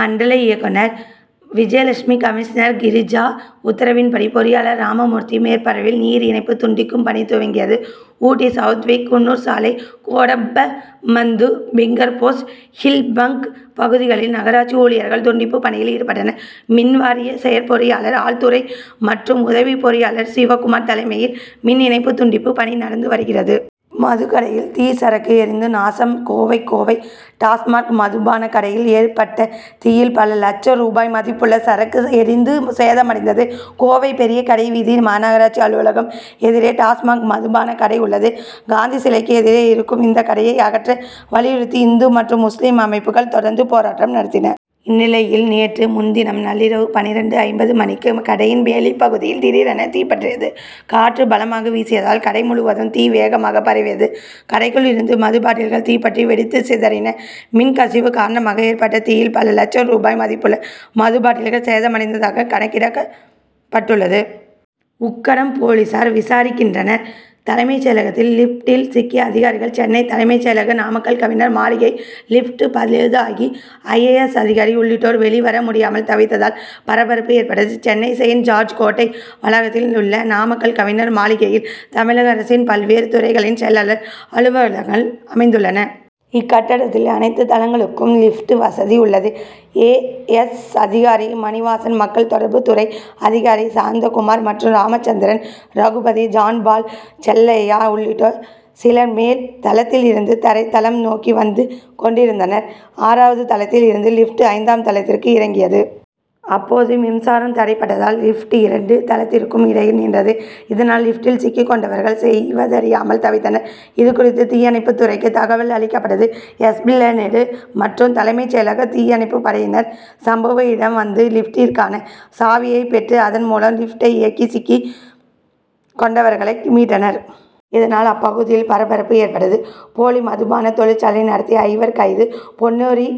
மண்டல இயக்குனர் விஜயலட்சுமி கமிஷனர் கிரிஜா உத்தரவின் படி பொறியாளர் ராமமூர்த்தி மேற்பார்வையில் நீர் இணைப்பு துண்டிக்கும் பணி துவங்கியது. ஊட்டி சவுத்விக் குன்னூர் சாலை கோடப்பமந்து பிங்கர்போஸ்ட் ஹில்பங்க் பகுதிகளில் நகராட்சி ஊழியர்கள் துண்டிப்பு பணியில் ஈடுபட்டனர். மின்வாரிய செயற்பொறியாளர் ஆல்துரை மற்றும் உதவி பொறியாளர் சிவகுமார் தலைமையில் மின் இணைப்பு துண்டிப்பு பணி நடந்து வருகிறது. மதுக்கடையில் தீ சரக்கு எரிந்து நாசம் கோவை கோவை டாஸ்மாக் மதுபானக் கடையில் ஏற்பட்ட தீயில் பல லட்ச ரூபாய் மதிப்புள்ள சரக்கு எரிந்து சேதமடைந்தது. கோவை பெரிய கடைவீதி மாநகராட்சி அலுவலகம் எதிரே டாஸ்மாக் மதுபானக் கடை உள்ளது. காந்தி சிலைக்கு எதிரே இருக்கும் இந்த கடையை அகற்ற வலியுறுத்தி இந்து மற்றும் முஸ்லிம் அமைப்புகள் தொடர்ந்து போராட்டம் நடத்தின. இந்நிலையில் நேற்று முன்தினம் நள்ளிரவு பன்னிரண்டு ஐம்பது மணிக்கு கடையின் வெளிப்பகுதியில் திடீரென தீப்பற்றியது. காற்று பலமாக வீசியதால் கடை முழுவதும் தீ வேகமாக பரவியது. கடைக்குள் இருந்த மதுபாட்டில்கள் தீப்பற்றி வெடித்துச்சிதறின. மின்கசிவு காரணமாக ஏற்பட்ட தீயில் பல லட்ச ரூபாய் மதிப்புள்ள மதுபாட்டில்கள் சேதமடைந்ததாக கணக்கிடப் பட்டுள்ளது. உக்கடம் போலீசார் விசாரிக்கின்றனர். தலைமைச் செயலகத்தில் லிப்டில் சிக்கிய அதிகாரிகள் சென்னை தலைமைச் செயலக நாமக்கல் கவிஞர் மாளிகையில் லிப்ட் பழுதாகி ஐ. ஏ. எஸ். அதிகாரி உள்ளிட்டோர் வெளிவர முடியாமல் தவித்ததால் பரபரப்பு ஏற்பட்டது. சென்னை செயின்ட் ஜார்ஜ் கோட்டை வளாகத்தில் உள்ள நாமக்கல் கவிஞர் மாளிகையில் தமிழக அரசின் பல்வேறு துறைகளின் செயலாளர் அலுவலகங்கள் அமைந்துள்ளன. இக்கட்டடத்தில் அனைத்து தளங்களுக்கும் லிப்ட் வசதி உள்ளது. ஏ. எஸ். அதிகாரி மணிவாசன் மக்கள் தொடர்பு துறை அதிகாரி சாந்தகுமார் மற்றும் ராமச்சந்திரன் ரகுபதி ஜான் பால் செல்லையா உள்ளிட்ட சிலர் மேல் தளத்தில் இருந்து தரை தளம் நோக்கி வந்து கொண்டிருந்தனர். ஆறாவது தளத்தில் இருந்து லிப்ட் ஐந்தாம் தளத்திற்கு இறங்கியது. அப்போது மின்சாரம் தடைபட்டதால் லிப்ட் இரண்டு தளத்திற்கும் இடையில் நின்றது. இதனால் லிப்ட்டில் சிக்கிக் கொண்டவர்கள் செய்வதறியாமல் தவித்தனர். இதுகுறித்து தீயணைப்புத் துறைக்கு தகவல் அளிக்கப்பட்டது. எஸ்பிளனேடு மற்றும் தலைமைச் செயலக தீயணைப்பு படையினர் சம்பவ இடம் வந்து லிப்ட்டிற்கான சாவியை பெற்று அதன் மூலம் லிப்டை இயக்கி சிக்கிக் கொண்டவர்களை மீட்டனர். இதனால் அப்பகுதியில் பரபரப்பு ஏற்பட்டது. போலி மதுபான தொழிற்சாலை நடத்திய ஐவர் கைது பொன்னோரி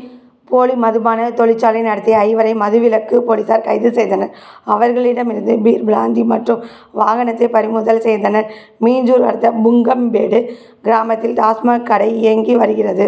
போலி மதுபான தொழிற்சாலை நடத்திய ஐவரை மதுவிலக்கு போலீசார் கைது செய்தனர். அவர்களிடமிருந்து பீர் பிராந்தி மற்றும் வாகனத்தை பறிமுதல் செய்தனர். மீஞ்சூர் அடுத்த புங்கம்பேடு கிராமத்தில் டாஸ்மாக் கடை இயங்கி வருகிறது.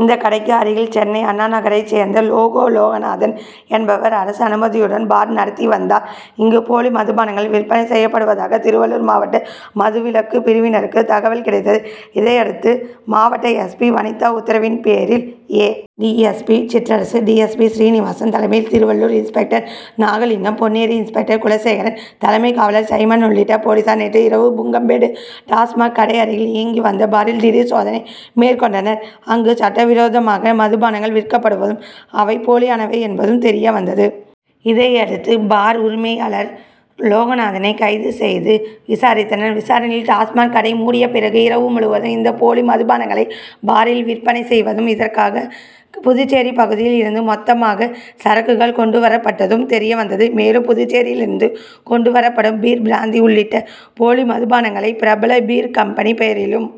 இந்த கடைக்கு அருகில் சென்னை அண்ணா நகரை சேர்ந்த லோகு லோகநாதன் என்பவர் அரசு அனுமதியுடன் பார் நடத்தி வந்தார். இங்கு போலி மதுபானங்கள் விற்பனை செய்யப்படுவதாக திருவள்ளூர் மாவட்ட மதுவிலக்கு பிரிவினருக்கு தகவல் கிடைத்தது. இதையடுத்து மாவட்ட எஸ். பி. வனிதா உத்தரவின்பேரில் A. D. S. P. Sitrarasu D. S. P. Srinivasan தலைமையில் திருவள்ளூர் இன்ஸ்பெக்டர் நாகலிங்கம் பொன்னேரி இன்ஸ்பெக்டர் குலசேகரன் தலைமை காவலர் சைமன் உள்ளிட்ட போலீசார் நேற்று இரவு புங்கம்பேடு டாஸ்மாக் கடை அருகில் இயங்கி வந்த பாரில் திடீர் சோதனை மேற்கொண்டனர். அங்கு சட்டவிரோதமாக மதுபானங்கள் விற்கப்படுவதும் அவை போலியானவை என்பதும் தெரியவந்தது. இதையடுத்து பார் உரிமையாளர் லோகநாதனை கைது செய்து விசாரித்தனர். விசாரணையில் டாஸ்மாக் கடை மூடிய பிறகு இரவு முழுவதும் இந்த போலி மாதுபானங்களை பாரில் விற்பனை செய்வதும் இதற்காக புதுச்சேரி பகுதியில் இருந்து மொத்தமாக சரக்குகள் கொண்டுவரப்பட்டதும் தெரியவந்தது. மேலும் புதுச்சேரியிலிருந்து கொண்டுவரப்படும் பீர் பிராந்தி உள்ளிட்ட போலி மதுபானங்களை பிரபல பீர் கம்பெனி பெயரிலும்.